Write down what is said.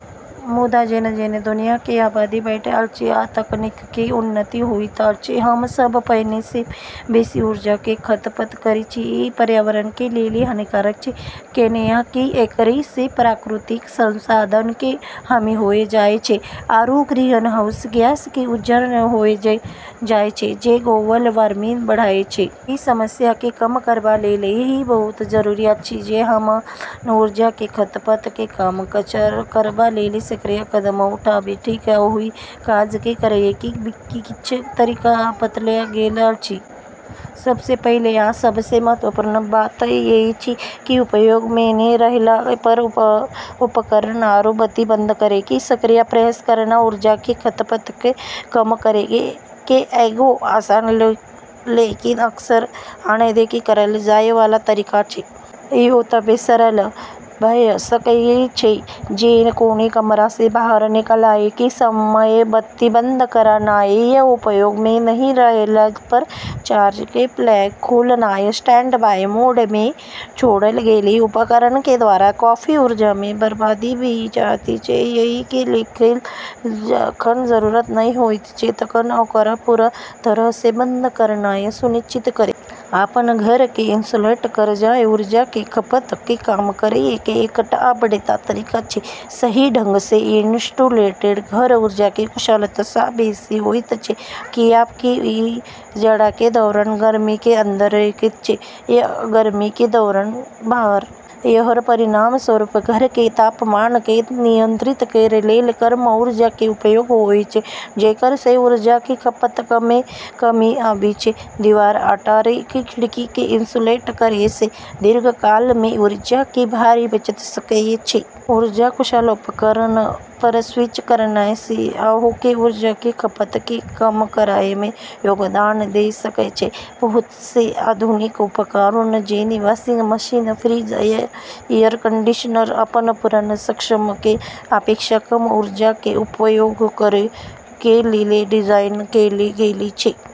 मुदा, जेना-जेना दुनिया के आबादी बढ़ैत अछि आ तकनीक के उन्नति होइत अछि, हम सब पहिने सँ बेसी ऊर्जा के खपत करैत छी। ई पर्यावरण के लेल हानिकारक छै, कैन्हेंकि एकरा स॑ प्राकृतिक संसाधन के कमी होय जाय छै, आरू ग्रीनहाउस गैस के उत्सर्जन होय जाय छै जे ग्लोबल वार्मिंग बढ़ाबै छै। एहि समस्या के कम करबा लेल ई बहुत जरूरी अछि जे हम अपन ऊर्जा के खपत के कम करबा लेल सक्रिय कदम उठाबी। ठीक ओहि काज के करय के किछ तरीका बताओल गेल अछि। सबसें पहिले आ सबसें महत्वपूर्ण बात ई छै कि उपयोग म॑ नै रहला पर उपकरण आरू बत्ती बंद करै के सक्रिय प्रयास करना ऊर्जा के खपत क॑ कम करै के एगो आसान लेकिन अक्सर अनदेखी करलऽ जाय वाला तरीका छै। ई ओतबे सरल भऽ सकएय छै जेना कोनों कमरा सँ बाहर निकलएय के समय बत्ती बंद करनाय, या उपयोग मे नहि रहला पर चार्जर के प्लग खोलनाय। स्टैंडबाई मोड मे छोड़ल गेल उपकरण के द्वारा काफी ऊर्जा के बर्बादी भऽ जाइत छै, एहि के लेल जखन जरूरत नहि होयत छै तखन ओकरा पूरा तरह सँ बंद करनाय सुनिश्चित करू। अपन घर के इन्सुलेट करनाय ऊर्जा के खपत के कम करय के एकटा आ बढ़िया तरीका छै। सही ढंग सँ इन्सुलेटेड घर ऊर्जा के कुशलता सँ बेसि होइत छै, कियाकि ई जाड़ा के दौरान गर्मी के अंदर रखैत छै, आ गर्मी के दौरान बाहर। एकरऽ परिणामस्वरूप घर के तापमान क॑ नियंत्रित करै लेल कम ऊर्जा के उपयोग होय छै, जेकरा स॑ ऊर्जा के खपत म॑ कमी आबै छै। दीवार, अटारी आ खिड़की के इन्सुलेट करय सँ दीर्घकाल मे ऊर्जा के भारी बचत भऽ सकय छै। ऊर्जा कुशल उपकरण पर स्विच करनाय सेहो अहाँ के ऊर्जा के खपत के कम करय मे योगदान दऽ सकय छै। बहुत सं आधुनिक उपकरण, जेना वाशिंग मशीन, फ्रिज, आ एयर कंडीशनर, अपन पुरान समकक्षक के अपेक्षा कम ऊर्जा के उपयोग करय के लेल डिजाइन कैल गेल छै।